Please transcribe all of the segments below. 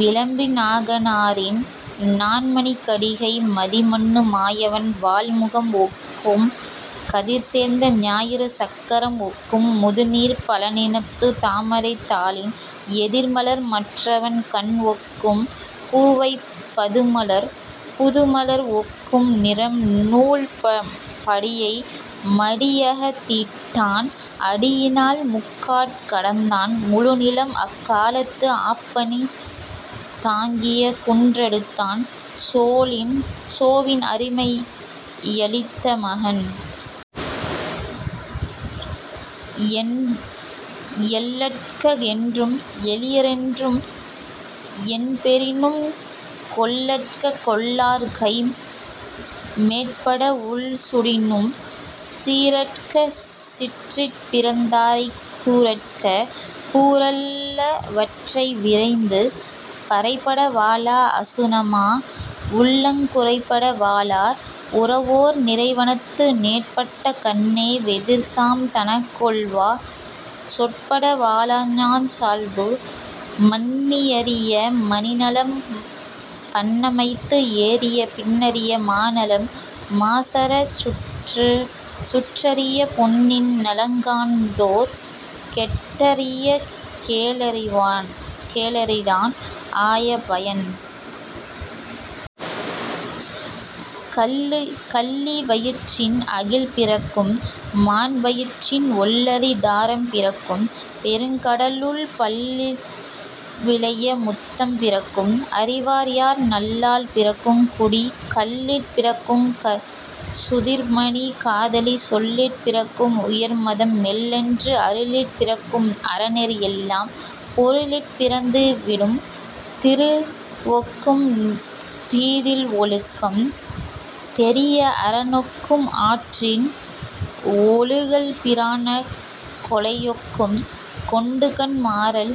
விளம்பிநாகனாரின் "நான்மணிக்கடிகை" மதிமன்னு மாயவன் வாள்முகம் ஒக்கும் கதிர்சேர்ந்த ஞாயிறு சக்கரம் ஒக்கும் முதுநீர்ப் பழனத்துத் தாமரைத் தாளின் எதிர்மலர் மற்றவன் கண்ஒக்கும் பூவைப் புதுமலர் ஒக்கும் நிறம். நூல் படியை மடியகத் திட்டான் அடியினால் முக்காற் கடந்தான் முழுநிலம் அக்காலத்து ஆப்பனி தாங்கிய குன்றெடுத்தான் சோவின் அருமை யழித்த மகன். எள்ளற்க என்றும் எளியரென்று என்பெறினும் கொள்ளற்க கொள்ளார்கைம் மேற்பட உள்சுடினும் சீறற்க சிற்றிற் பிறந்தாரைக் கூறற்க கூறல் லவற்றை விரைந்து. பறைபட வாழா அசுணமா உள்ளங் குறைபட வாழார் உரவோர் நிறைவனத்து நெற்பட்ட கண்ணே வெதிர்சாம் தனக்கொவ்வாச் சொற்பட வாழாதாஞ் சால்பு. மண்ணி யறிப மணிநலம் பண்ணமைத்து ஏறிய பின்னறிப மாநலம் மாசறச் சுட்டறிப பொன்னின் நலங்காண்பார் கெட்டறிய கேளரிரான் ஆய பயன். கள்ளி வயிற்றின் அகில்பிறக்கும் மான்வயிற்றின் ஒள்ளரி தாரம் பிறக்கும் பெருங்கடலுள் பல்விலைய முத்தம் பிறக்கும் அறிவார்யார் நல்லாள் பிறக்குங் குடி. கல்லிற் பிறக்குங் சுதிர்மணி காதலி சொல்லிற் பிறக்கும் உயர்மதம் மெல்லென்று அருளிற் பிறக்கும் அறநெறி எல்லாம் பொருளிற் பிறந்து விடும். திருவொக்கும் தீதில் ஒழுக்கம் பெரிய அறனொக்கும் ஆற்றின் ஒழுகல் பிறானக் கொலையொக்கும் கொண்டுகண் மாறல்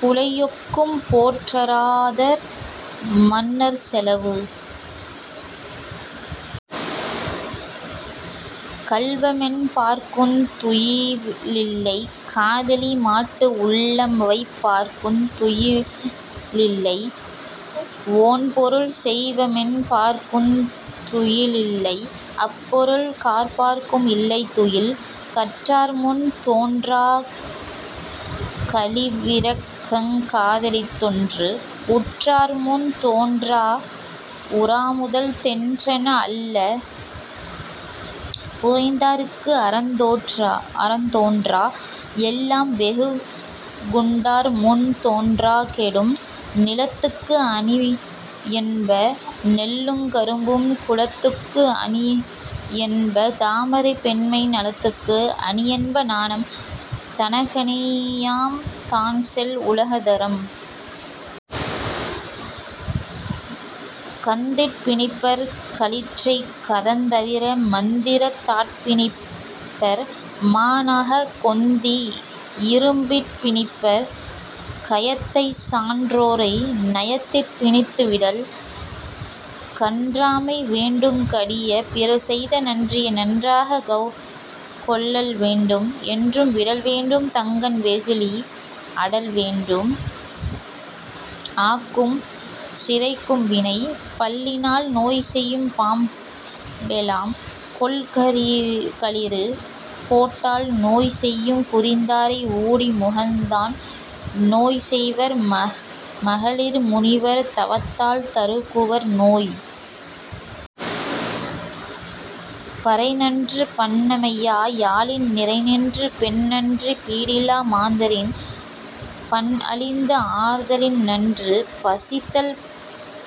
புலையொக்கும் போற்றறாத மன்னர்ச் செலவு. கள்வமென் பார்க்குந் துயிலில்லை காதலிமாட்டு உள்ளம்வைப் பார்க்குந் துயிலில்லை ஒண்பொருள் செய்வமென் பார்ககுந் துயிலில்லை அப்பொருள் காப்பார்க்கும் இல்லை துயில். கற்றார்முன் தோன்றா கழிவிரக்கங் காதலித்தொன்று உற்றார்முன் தோன்றா உறாமுதல் தெற்றென அல்ல புரிந்தார்க்கு அறந்தோன்றா எல்லாம் வெகுண்டார்முன் தோன்றா கெடும். நிலத்துக்கு அணியென்ப நெல்லுங் கரும்பும் குளத்துக்கு அணியென்ப தாமரை பெண்மை நலத்துக்கு அணியென்ப நாணம் தனக்கணியாம் தான்செல் உலகத் தறம். கந்திற் பிணிப்பர் களிற்றைக் கதந்தவிர மந்திரத் தாற்பிணிப்பர் மாநாகம் கொந்தி இரும்பிற் பிணிப்பர் கயத்தைச்சான் றோரை நயத்திற் பிணித்து விடல். கன்றாமை வேண்டுங் கடிய பிறர்செய்த நன்றியை நன்றாக் கொளல்வேண்டும் என்றும் விடல்வேண்டும் தங்கண் வெகுளி அடல்வேண்டும் ஆக்கும் சிதைக்கும் வினை. பல்லினான் நோய்செய்யும் பாம்பெலாம் கொல்களிறு கோட்டால் நோய்செய்யும் குறித்தாரை ஊடி முகத்தான் நோய்செய்வர் மகளிர் முனிவர் தவத்தால் தருகுவர் நோய். பறைநன்று பண்ணமையா யாழின் நிறைநின்ற பெண்நன்று பீடிலா மாந்தரின் பண்அழிந்து ஆர்தலின்நன்று பசித்தல்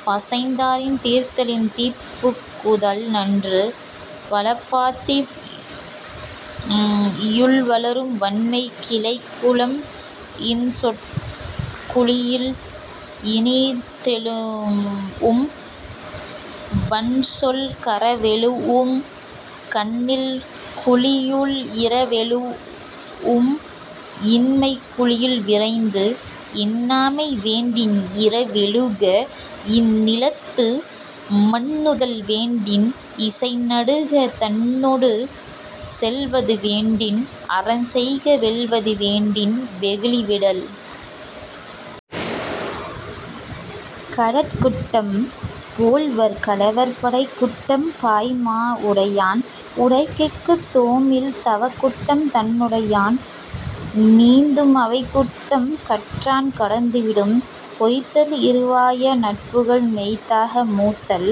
பசைந்தாரின் தீர்தலின் தீப்புகுதல் நன்று. வளப்பாத்தி யுள்வளரும் வண்மை கிளைக்குழம் இன்சொற் குழியுள் இனிதெழூஉம் வன்சொல் கரவெழூஉங் கண்ணில் குழியுள் இரவெழூஉம் இன்மைக் குழியுள் விரைந்து. இன்னாமை வேண்டின் இரவெழுக இந்நிலத்து மன்னுதல் வேண்டின் இசைநடுக தன்னொடு செல்வது வேண்டின் அறஞ்செய்க வெல்வது வேண்டின் வெகுளி விடல். கடற்குட்டம் போழ்வர் கலவர் படைக்குட்டம் பாய்மா உடையான் உடைக்கிற்குந் தோமில் தவக்குட்டம் தன்னுடையான் நீந்தும் அவைக்குட்டம் கற்றான் கடந்து விடும். பொய்த்தல் இறுவாய நட்புகள் மெய்த்தாக மூத்தல்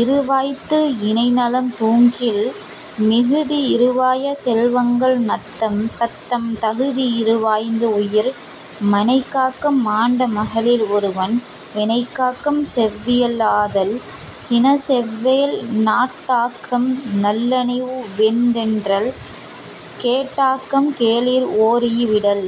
இறுவாய்த்து இளைநலம் தூக்கில் மிகுதி இறுவாய செல்வங்கள் தத்தம் தகுதி இறுவாய்த்து உயிர். மனைக்காக்கம் மாண்ட மகளிர் ஒருவன் வினைக்காக்கம் செவ்விய னாதல் சினச்செவ்வேல் நாட்டாக்கம் நல்லனிவ் வேந்தென்றல் கேட்டாக்கம் கேளிர் ஒரீஇ விடல்.